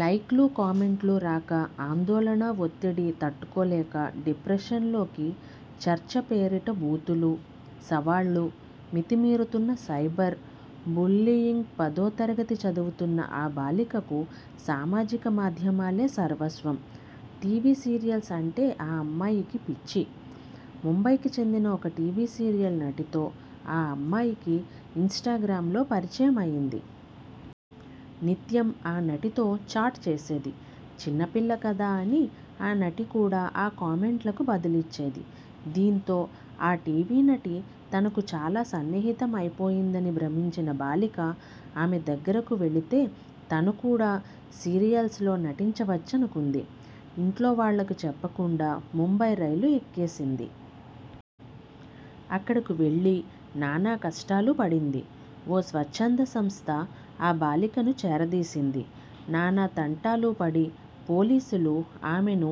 లైక్లు, కామెంట్లు రాక ఆందోళన ఒత్తిడి తట్టుకోలేక డిప్రెషన్లోకి చర్చ పేరిట బూతులు, సవాళ్లు మితి మీరుతున్న సైబర్ బుల్లీయింగ్పదోతరగతి చదువుతున్న ఆ బాలికకు సామాజిక మాధ్యమాలే సర్వస్వం. టీవీ సీరియల్స్ అంటే ఆ అమ్మాయికి పిచ్చి. ముంబైకి చెందిన ఒక టీవీ సీరియల్ నటితో ఆ అమ్మాయికి ఇన్స్టాగ్రామ్లో పరిచయం అయింది. నిత్యం ఆ నటితో చాట్ చేసేది. చిన్నపిల్ల కదా అని ఆ నటి కూడా ఆ కామెంట్లకు బదులిచ్చేది. దీంతో ఆ టీవీ నటి తనకు చాలా సన్నిహితం అయిపోయిందని భ్రమించిన బాలిక ఆమె దగ్గరకు వెళితే తను కూడా సీరియల్స్లో నటించ వచ్చనుకుంది. ఇంట్లో వాళ్లకు చెప్పకుండా ముంబై రైలు ఎక్కేసింది. అక్కడకు వెళ్లి నానా కష్టాలూ పడింది. ఓ స్వచ్ఛంద సంస్థ ఆ బాలికను చేరదీసింది. నానా తంటాలు పడి పోలీసులు ఆమెను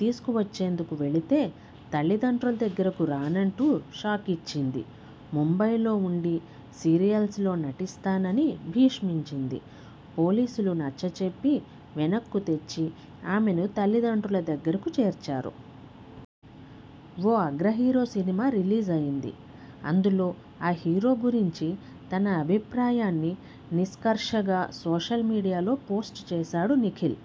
తీసుకు వచ్చేందుకు వెళితే తల్లిదండ్రుల దగ్గరకు రానంటూ షాకిచ్చింది. ముంబైలో వుండి సీరియల్స్ లో నటిస్తానని భీష్మించింది. పోలీసులు నచ్చ చెప్పి వెనక్కు తెచ్చి ఆమెను తల్లిదండ్రుల దగ్గరకు చేర్చారు. ఓ అగ్రహీరో సినిమా రిలీజ్ అయింది. అందులో ఆ హీరో గురించి తన అభిప్రాయాన్ని నిష్కర్షగా సోషల్ మీడియాలో పోస్ట్ చేశాడు నిఖిల్.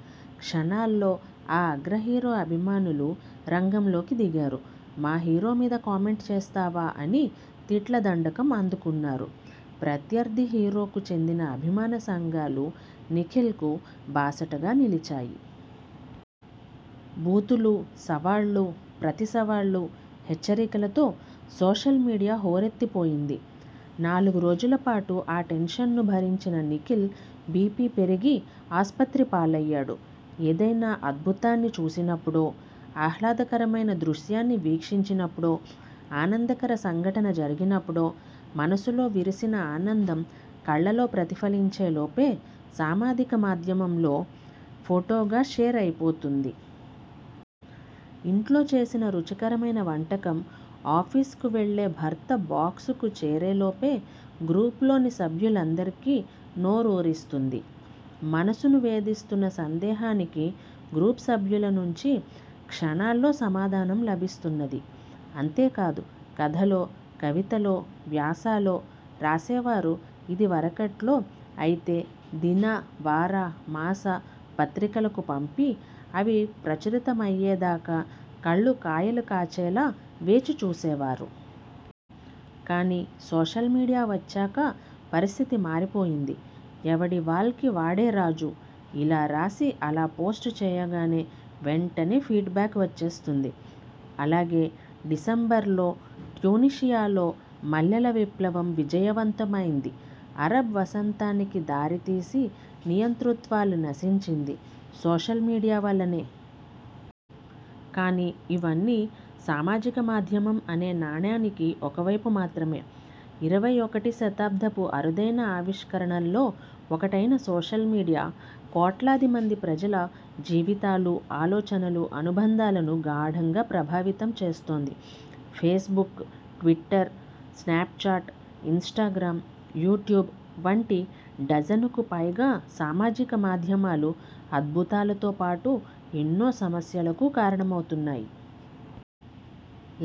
క్షణాల్లో ఆ అగ్రహీరో అభిమానులు రంగంలోకి దిగారు. మా హీరో మీద కామెంట్ చేస్తావా అని తిట్ల దండకం అందుకున్నారు. ప్రత్యర్థి హీరోకు చెందిన అభిమాన సంఘాలు నిఖిల్కు బాసటగా నిలిచాయి. బూతులు, సవాళ్లు, ప్రతిసవాళ్లు, హెచ్చరికలతో సోషల్మీడియా హోరెత్తిపోయింది. నాలుగు రోజుల పాటు ఆ టెన్షన్ను భరించిన నిఖిల్ బీపీ పెరిగి ఆస్పత్రి పాలయ్యాడు. ఏదైనా అద్భుతాన్ని చూసినప్పుడు ఆహ్లాదకరమైన దృశ్యాన్ని వీక్షించినప్పుడు ఆనందకర సంఘటన జరిగినప్పుడు మనసులో విరిసిన ఆనందం కళ్లలో ప్రతిఫలించే లోపే సామాధిక మాధ్యమంలో ఫోటోగా షేర్ అయిపోతుంది. ఇంట్లో చేసిన రుచికరమైన వంటకం ఆఫీసుకు వెళ్లే భర్త బాక్స్ కు చేరేలోపే గ్రూప్లోని సభ్యులందరికి నోరూరిస్తుంది. మనసును వేధిస్తున్న సందేహానికి గ్రూప్ సభ్యుల నుంచి క్షణాల్లో సమాధానం లభిస్తున్నది. అంతేకాదు కథలో కవితలో వ్యాసాలో రాసేవారు ఇదివరకట్లో అయితే దిన, వార, మాస పత్రికలకు పంపి అవి ప్రచురితమయ్యేదాకా కళ్లు కాయలు కాచేలా వేచి చూసేవారు. కానీ సోషల్ మీడియా వచ్చాక పరిస్థితి మారిపోయింది. 'ఎవడి వాల్కి వాడే రాజు. ' ఇలా రాసి అలా పోస్ట్ చేయగానే వెంటనే ఫీడ్ బ్యాక్ వచ్చేస్తుంది. అలాగే డిసెంబరులో ట్యునీషియాలో మల్లెల విప్లవం విజయవంతమైంది అరబ్ వసంతానికి దారి తీసి నియంతృత్వాలు నశించింది సోషల్ మీడియా వల్లనే! కానీ ఇవన్నీ సామాజిక మాధ్యమం అనే నాణానికి ఒక వైపు మాత్రమే! ఇరవై ఒకటి శతాబ్దపు అరుదైన ఆవిష్కరణల్లో ఒకటైనసోషల్ మీడియా కోట్లాది మంది ప్రజల జీవితాలు, ఆలోచనలు, అనుబంధాలను గాఢంగా ప్రభావితం చేస్తోంది. Facebook, Twitter, Snapchat, Instagram, YouTube వంటి డజనుకు పైగా సామాజిక మాధ్యమాలు అద్భుతాలతోపాటు ఎన్నో సమస్యలకూ కారణమవుతున్నాయి.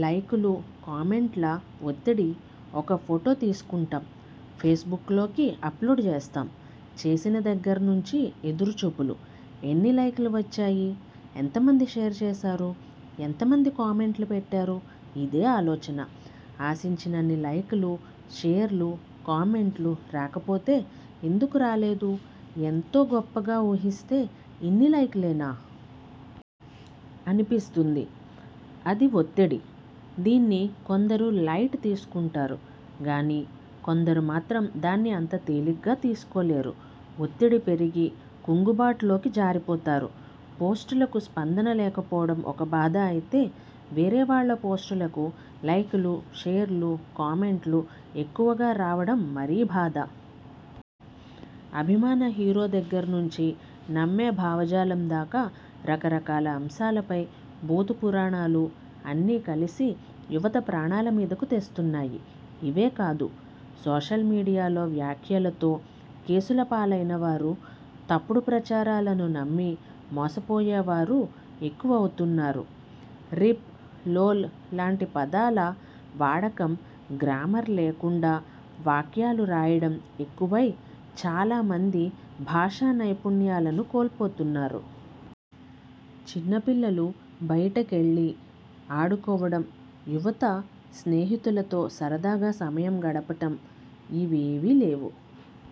లైకులు కామెంట్ల ఒత్తిడి ఒక ఫొటో తీసుకుంటాం ఫేస్బుక్లోకి అప్లోడ్ చేస్తాం. చేసిన దగ్గర్నుంచీ ఎదురుచూపులు! ఎన్ని లైకులు వచ్చాయి ఎంత మంది షేర్ చేశారు ఎంత మంది కామెంట్లు పెట్టారు ఇదే ఆలోచన! ఆశించినన్ని లైకులు, షేర్లు, కామెంట్లు రాకపోతే ఎందుకు రాలేదు? ఎంతో గొప్పగా ఊహిస్తే ఇన్నిలైకులేనా? అనిపిస్తుంది. అది ఒత్తిడి. దీన్ని కొందరు లైట్ తీసుకుంటారు గానీ కొందరు మాత్రం దాన్ని అంత తేలిగ్గా తీసుకోలేరు. ఒత్తిడి పెరిగి కుంగుబాటు లోకి జారిపోతారు. పోస్టులకు స్పందన లేకపోవడం ఒక బాధ అయితే వేరేవాళ్ల పోస్టులకు లైకులు, షేర్లు, కామెంట్లు ఎక్కువగా రావడం మరీ బాధ! అభిమాన హీరో దగ్గర్నుంచీ నమ్మే భావజాలం దాకా రకరకాల అంశాలపై బూతు పురాణాలు, అన్నీ కలిసి యువత ప్రాణాల మీదకు తెస్తున్నాయి. ఇవే కాదు.. సోషల్ మీడియాలో వ్యాఖ్యలతో కేసులపాలైనవారు.. తప్పుడు ప్రచారాలను నమ్మి మోసపోయేవారు ఎక్కువవుతున్నారు. రిప్, లోల్ లాంటి పదాల వాడకం గ్రామర్ లేకుండా వాక్యాలు రాయడం ఎక్కువై చాలా మంది భాషా నైపుణ్యాలను కోల్పోతున్నారు. చిన్నపిల్లలు బయటికెళ్లి ఆడుకోవడం యువత స్నేహితులతో సరదాగా సమయం గడపటం ఇవేవీ లేవు.